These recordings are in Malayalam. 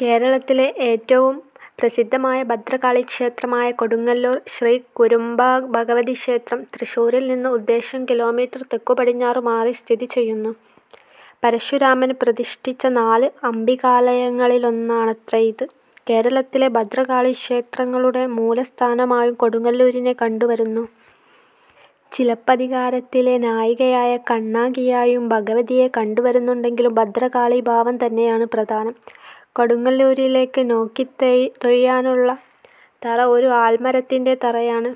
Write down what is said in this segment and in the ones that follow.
കേരളത്തിലെ ഏറ്റവും പ്രസിദ്ധമായ ഭദ്രകാളിക്ഷേത്രമായ കൊടുങ്ങല്ലൂർ ശ്രീ കുരുംബഭഗവതിക്ഷേത്രം തൃശ്ശൂരിൽ നിന്ന് ഉദ്ദേശം കിലോമീറ്റർ തെക്കുപടിഞ്ഞാറുമാറി സ്ഥിതിചെയ്യുന്നു. പരശുരാമൻ പ്രതിഷ്ഠിച്ച നാല് അംബികാലയങ്ങളിലൊന്നാണത്രേ ഇത്. കേരളത്തിലെ ഭദ്രകാളീക്ഷേത്രങ്ങളുടെ മൂലസ്ഥാനമായും കൊടുങ്ങല്ലൂരിനെ കണ്ടുവരുന്നു. ചിലപ്പതികാരത്തിലെ നായികയായ കണ്ണകിയായും ഭഗവതിയെ കണ്ടുവരുന്നുണ്ടെങ്കിലും ഭദ്രകാളീഭാവം തന്നെയാണ് പ്രധാനം. കൊടുങ്ങല്ലരിലേയ്ക്ക് നോക്കിത്തൊഴാനുള്ള തറ ഒരു ആൽമരത്തിന്റെ തറയാണ്.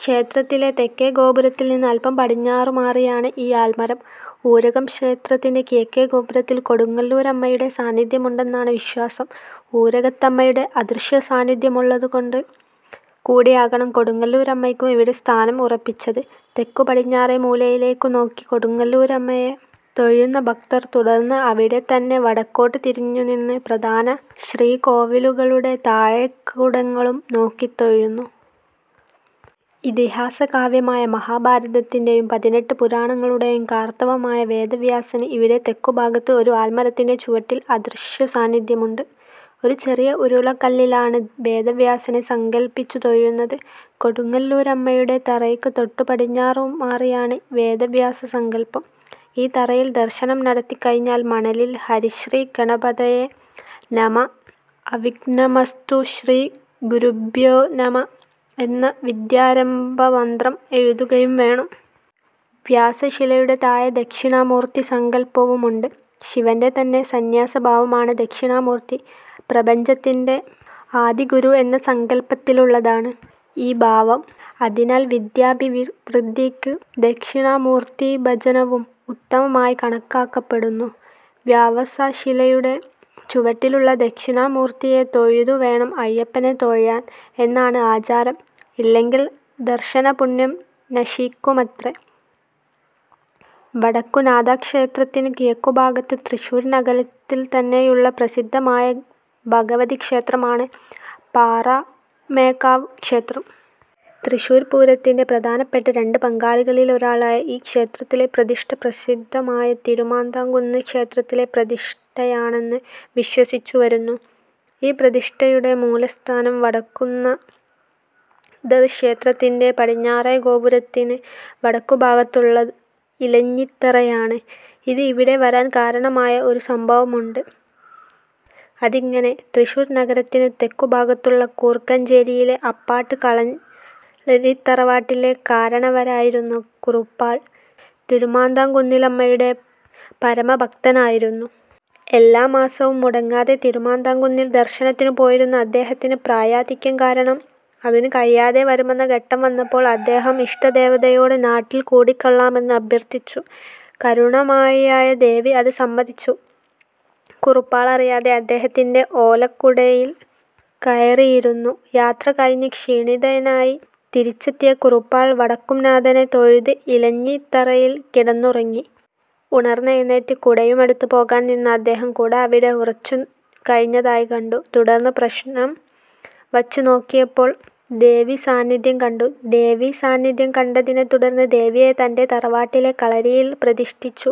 ക്ഷേത്രത്തിലെ തെക്കേ ഗോപുരത്തിൽനിന്ന് അല്പം പടിഞ്ഞാറുമാറിയാണ് ഈ ആൽമരം. ഊരകം ക്ഷേത്രത്തിന്റെ കിഴക്കേ ഗോപുരത്തിൽ കൊടുങ്ങല്ലൂരമ്മയുടെ സാന്നിദ്ധ്യമുണ്ടെന്നാണ് വിശ്വാസം. ഊരകത്തമ്മയുടെ അദൃശ്യസാന്നിദ്ധ്യമുള്ളതുകൊണ്ട് കൂടിയാകണം കൊടുങ്ങല്ലൂരമ്മയ്ക്കും ഇവിടെ സ്ഥാനം ഉറപ്പിച്ചത്. തെക്കുപടിഞ്ഞാറേമൂലയിലേയ്ക്കുനോക്കി കൊടുങ്ങല്ലൂരമ്മയെ തൊഴുന്ന ഭക്തർ തുടർന്ന് അവിടെത്തന്നെ വടക്കോട്ട് തിരിഞ്ഞുനിന്ന് പ്രധാന ശ്രീകോവിലുകളുടെ താഴികക്കുടങ്ങളും നോക്കിത്തൊഴുന്നു. ഇതിഹാസകാവ്യമായ മഹാഭാരതത്തിന്റെയും പതിനെട്ട് പുരാണങ്ങളുടെയും കർത്താവായ വേദവ്യാസന് ഇവിടെ തെക്കുഭാഗത്തെ ഒരു ആൽമരത്തിന്റെ ചുവട്ടിൽ അദൃശ്യസാന്നിദ്ധ്യമുണ്ട്. ഒരു ചെറിയ ഉരുളൻകല്ലിലാണ് വേദവ്യാസനെ സങ്കല്പിച്ചുതൊഴുന്നത്. കൊടുങ്ങല്ലൂരമ്മയുടെ തറയ്ക്ക് തൊട്ടുപടിഞ്ഞാറുമാറിയാണ് വേദവ്യാസസങ്കല്പം. ഈ തറയിൽ ദർശനം നടത്തിക്കഴിഞ്ഞാൽ മണലിൽ 'ഹരിശ്രീ ഗണപതയേ നമഃ അവിഘ്നമസ്തു ശ്രീ ഗുരുഭ്യോ നമഃ' എന്ന വിദ്യാരംഭമന്ത്രം എഴുതുകയും വേണം. വ്യാസശിലയുടെ താഴെ ദക്ഷിണാമൂർത്തിസങ്കല്പവുമുണ്ട്. ശിവന്റെ തന്നെ സന്യാസഭാവമാണ് ദക്ഷിണാമൂർത്തി. പ്രപഞ്ചത്തിന്റെ ആദിഗുരു എന്ന സങ്കല്പത്തിലുള്ളതാണ് ഈ ഭാവം. അതിനാൽ വിദ്യാഭിവൃദ്ധിയ്ക്ക് ദക്ഷിണാമൂർത്തിഭജനവും ഉത്തമമായി കണക്കാക്കപ്പെടുന്നു. വ്യാസശിലയുടെ ചുവട്ടിലുള്ള ദക്ഷിണാമൂർത്തിയെ തൊഴുതുവേണം അയ്യപ്പനെ തൊഴാൻ എന്നാണ് ആചാരം. ഇല്ലെങ്കിൽ ദർശനപുണ്യം നശിയ്ക്കുമത്രേ! വടക്കുംനാഥക്ഷേത്രത്തിന് കിഴക്കുഭാഗത്ത് തൃശ്ശൂർ നഗരത്തിൽത്തന്നെയുള്ള പ്രസിദ്ധമായ ഭഗവതിക്ഷേത്രമാണ് പാറമേക്കാവ് ക്ഷേത്രം. തൃശ്ശൂർ പൂരത്തിന്റെ പ്രധാനപ്പെട്ട് രണ്ട് പങ്കാളികളിലൊരാളായ ഈ ക്ഷേത്രത്തിലെ പ്രതിഷ്ഠ പ്രസിദ്ധമായ തിരുമാന്ധാംകുന്ന് ക്ഷേത്രത്തിലെ പ്രതിഷ്ഠയാണെന്ന് വിശ്വസിച്ചുവരുന്നു. ഈ പ്രതിഷ്ഠയുടെ മൂലസ്ഥാനം വടക്കുന്നാഥക്ഷേത്രത്തിന്റെ പടിഞ്ഞാറേ ഗോപുരത്തിന് വടക്കുഭാഗത്തുള്ള ഇലഞ്ഞിത്തറയാണ്. ഇത് ഇവിടെ വരാൻ കാരണമായ ഒരു സംഭവമുണ്ട്. അതിങ്ങനെ: തൃശ്ശൂർ നഗരത്തിന് തെക്കുഭാഗത്തുള്ള കൂർക്കഞ്ചേരിയിലെ അപ്പാട്ട് കളരിത്തറവാട്ടിലെ കാരണവരായിരുന്ന കുറുപ്പാൾ തിരുമാന്ധാംകുന്നിലമ്മയുടെ പരമഭക്തനായിരുന്നു. എല്ലാമാസവും മുടങ്ങാതെ തിരുമാന്ധാംകുന്നിൽ ദർശനത്തിനുപോയിരുന്ന അദ്ദേഹത്തിന് പ്രായാധിക്യം കാരണം അതിന് കഴിയാതെ വരുമെന്ന ഘട്ടം വന്നപ്പോൾ അദ്ദേഹം ഇഷ്ടദേവതയോട് നാട്ടിൽ കുടികൊള്ളണമെന്ന് അഭ്യർത്ഥിച്ചു. കരുണാമയിയായ ദേവി അത് സമ്മതിച്ച് കുറുപ്പാളറിയാതെ അദ്ദേഹത്തിന്റെ ഓലക്കുടയിൽ കയറിയിരുന്നു. യാത്രകഴിഞ്ഞ് ക്ഷീണിതനായി തിരിച്ചെത്തിയ കുറുപ്പാൾ വടക്കുംനാഥനെ തൊഴുത് ഇലഞ്ഞിത്തറയിൽ കിടന്നുറങ്ങി. ഉണർന്നെഴുന്നേറ്റ് കുടയുമെടുത്ത് പോകാൻ നിന്ന അദ്ദേഹം കുട അവിടെ ഉറച്ചുകഴിഞ്ഞതായി കണ്ടു. തുടർന്ന് പ്രശ്നം വച്ചുനോക്കിയപ്പോൾ ദേവീസാന്നിദ്ധ്യം കണ്ടു. ദേവീ സാന്നിധ്യം കണ്ടതിനെ തുടർന്ന് ദേവിയെ തന്റെ തറവാട്ടിലെ കളരിയിൽ പ്രതിഷ്ഠിച്ചു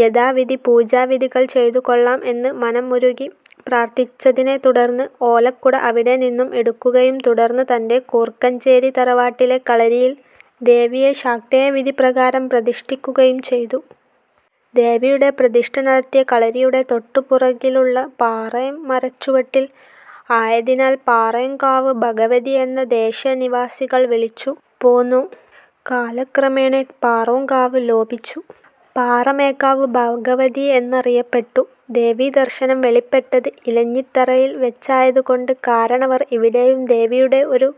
യഥാവിധി പൂജാവിധികൾ ചെയ്തു കൊള്ളാം എന്ന് മനമുരുകി പ്രാർത്ഥിച്ചതിനെ തുടർന്ന് ഓലക്കുട അവിടെ നിന്നും എടുക്കുകയും തുടർന്ന് തന്റെ കൂർക്കഞ്ചേരി തറവാട്ടിലെ കളരിയിൽ ദേവിയെ ശാക്തേയവിധി പ്രകാരം പ്രതിഷ്ഠിയ്ക്കുകയും ചെയ്തു. ദേവിയുടെ പ്രതിഷ്ഠ നടത്തിയ കളരിയുടെ തൊട്ടു പുറകിലുള്ള പാറോം മരച്ചുവട്ടിൽ ആയതിനാൽ പാറോംകാവ് ഭഗവതി എന്ന് ദേശനിവാസികൾ വിളിച്ചു പോന്നു. കാലക്രമേണ പാറോംകാവ് ലോഭിച്ചു പാറമേക്കാവ് ഭഗവതി എന്നറിയപ്പെട്ടു. ദേവീദർശനം വെളിപ്പെട്ടത് ഇലഞ്ഞിത്തറയിൽ വെച്ചായത് കൊണ്ട് കാരണവർ ഇവിടെയും ദേവിയുടെ ഒരു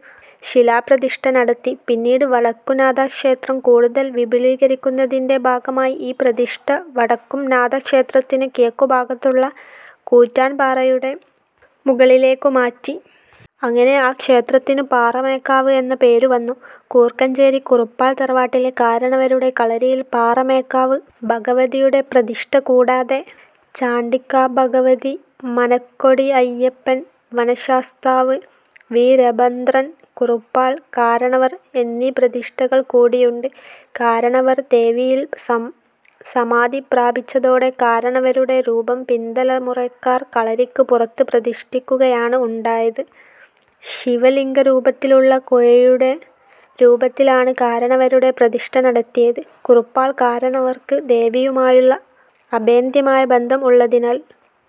ശിലാപ്രതിഷ്ഠ നടത്തി. പിന്നീട് വടക്കുംനാഥ ക്ഷേത്രം കൂടുതൽ വിപുലീകരിക്കുന്നതിന്റെ ഭാഗമായി ഈ പ്രതിഷ്ഠ വടക്കുംനാഥക്ഷേത്രത്തിന് കിഴക്കുഭാഗത്തുള്ള കൂറ്റൻ പാറയുടെ മുകളിലേയ്ക്കുമാറ്റി. അങ്ങനെ ആ ക്ഷേത്രത്തിന് പാറമേക്കാവ് എന്ന പേരുവന്നു. കൂർക്കഞ്ചേരി കുറുപ്പാൾ തറവാട്ടിലെ കാരണവരുടെ കളരിയിൽ പാറമേക്കാവ് ഭഗവതിയുടെ പ്രതിഷ്ഠ കൂടാതെ ചണ്ഡികാഭഗവതി, മനക്കൊടി അയ്യപ്പൻ, വനശാസ്താവ്, വീരഭദ്രൻ, കുറുപ്പാൾ കാരണവർ എന്നീ പ്രതിഷ്ഠകൾ കൂടിയുണ്ട്. കാരണവർ ദേവിയിൽ സമാധി പ്രാപിച്ചതോടെ കാരണവരുടെ രൂപം പിന്തലമുറക്കാർ കളരിക്ക് പുറത്ത് പ്രതിഷ്ഠിക്കുകയാണ് ഉണ്ടായത്. ശിവലിംഗരൂപത്തിലുള്ള കുഴയുടെ രൂപത്തിൽ ആണ് കാരണവരുടെ പ്രതിഷ്ഠ നടത്തിയത്. കുറുപ്പാൾ കാരണവർക്ക് ദേവിയുമായുള്ള അഭേദ്ധ്യമായ ബന്ധം ഉള്ളതിനാൽ